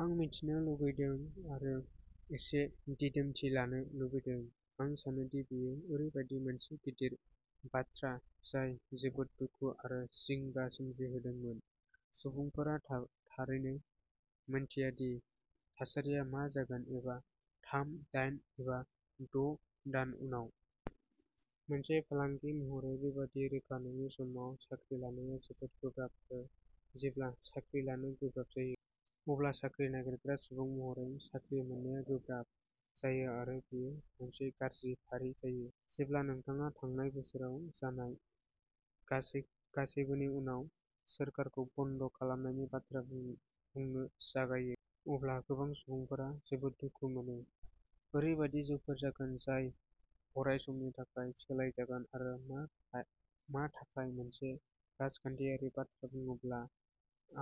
आं मिथिनो लुगैदों आरो एसे दिदोमथि लानो लुबैदों। आं सानो दि बेयो ओरैबायदि मोनसे गिदिर बाथ्रा जाय जोबोद दुखु आरो जिंगा सोमजिहोदोंमोन। सुबुंफोरा था-थारैनो मिन्थिया दि थासारिया मा जागोन, एबा थाम दान, एबा द' दान उनाव। मोनसे फालांगि महरै बेबादि रोखा नङि समाव साख्रि लानाया जोबोद गोब्राब आरो जेब्ला साख्रि लानो गोब्राब जायो, अब्ला साख्रि नागिरग्रा सुबुं महरै साख्रि मोननाया गोब्राब जायो आरो बेयो मोनसे गाज्रि फारि जायो। जेब्ला नोंथाङा थांनाय बोसोराव जानाय गासै गासैबोनि उनाव सोरखारखौ बन्द खालामनायनि बाथ्रा बुंनो जागायो, अब्ला गोबां सुबुंफोरा जोबोद दुखु मोनो। ओरैबायदि जिउफोर जागोन जाय अरायसमनि थाखाय सोलायजागोन आरो मा थाखाय मोनसे राजखान्थियारि बाथ्रा बुंनोब्ला,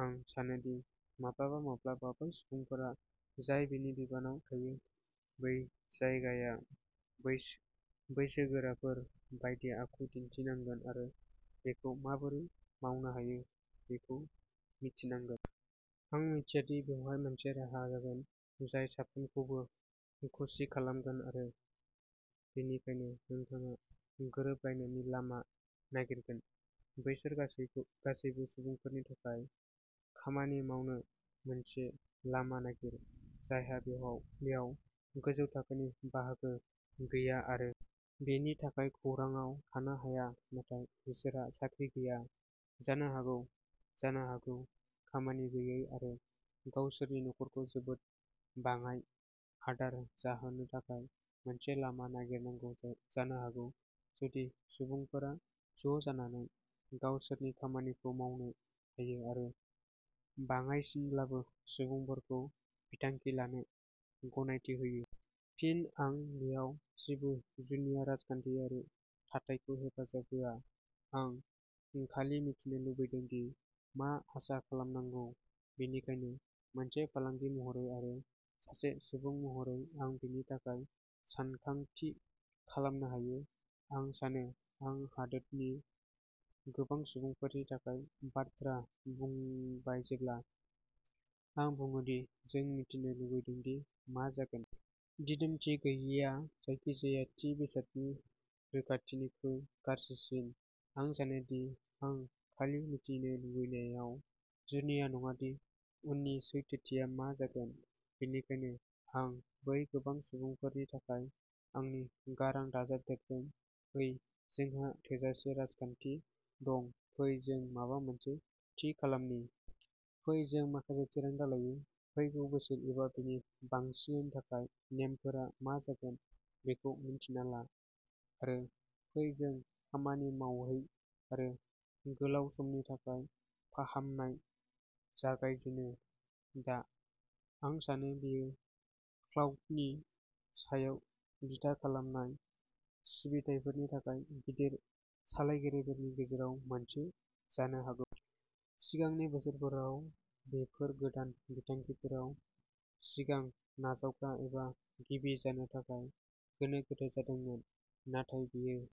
आं सानो दि माब्लाबा माब्लाबा बै सुबुंफोरा जाय बेनि बिबानआव थायो। बे जायगाया बैसो-बैसोगोराफोर बायदि आखु दिन्थिनांगोन आरो बेखौ माबोरै मावनो हायो बेखौ मिथिनांगोन। आं मिथिया दि बेवहाय मोनसे राहा जागोन जाय साफ्रोमखौबो खुसि खालामगोन आरो बेनिखायनो नोंथाङा गोरोबलायनायनि लामा नागिरगोन। बैसोर गासैबो सुबुंफोरनि थाखाय खामानि मावनो मोनसे लामा नागिर, जायहा बेहाय बेयाव गोजौ थाखोनि बाहागो गैया आरो बेनि थाखाय खौरांआव थानो हाया, नाथाय बिसोरहा साख्रि गैया जानो हागौ, जानो हागौ खामानि गैयै, आरो गावसोरनि नखरखौ जोबोद बाङाय आदार जाहोनो थाखाय मोनसे लामा नागिरनांगौ जानो हागौ, जुदि सुबुंफोरा ज'जानानै गावसोरनि खामानिखौ मावनो हायो आरो बाङाइसिनब्लाबो सुबुंफोरखौ बिथांखि लानो गनायथि होयो। फिन आं बेयाव जेबो जुनिया राजखान्थियारि थाथायखौ हेफाजाब होआ, आं खालि मिथिनो लुगैदों दि मा आसा खालामनांगौ, बेनिखायनो मोनसे फालांगि महरै आरो सासे सुबुं महरै आं बेनि थाखाय सानथांखि खालामनो हायो। आं सानो आं हादोरनि गोबां सुबुंफोरनि थाखाय बाथ्रा बुंबाय जेब्ला आं बुङो दि जों मिथिनो लुगैदों दि मा जागोन। दिदोमथि गैयैआ जायखिजाया थि बेसादनि रोखाथिनिख्रुइ गाज्रिसिन। आं सानो दि आं खालि मिथिनो लुगैनायाव जुनिया नङा दि उननि सैथोथिया मा जागोन। बेनिखायनो आं बै गोबां सुबुंफोरनि थाखाय आंनि गारां दाजाबदेरदों, ओइ जोंहा थोजासे राजखान्थि दं, फै जों माबा मोनसे थि खालामनि। फै जों माखासे थिरांथा लायो, फैगौ बोसोर एबा बेनि बांसिननि थाखाय नेमफोरा मा जागोन बेखौ मिन्थिना ला, आरो फै जों खामानि मावहै आरो गोलाव समनि थाखाय फाहामनाय जागाय जेनो, दा। आं सानो बेयो क्लाउडनि सायाव बिथा खालामनाय सिबिथाइफोरनि थाखाय गिदिर सालायगिरिफोरनि गेजेराव मोनसे जानो हागौ। सिगांनि बोसोरफोराव बेफोर गोदान बिथांखिफोराव सिगां नाजावग्रा एबा गिबि जानो थाखाय गोनो गोथो जादोंमोन, नाथाय बेयो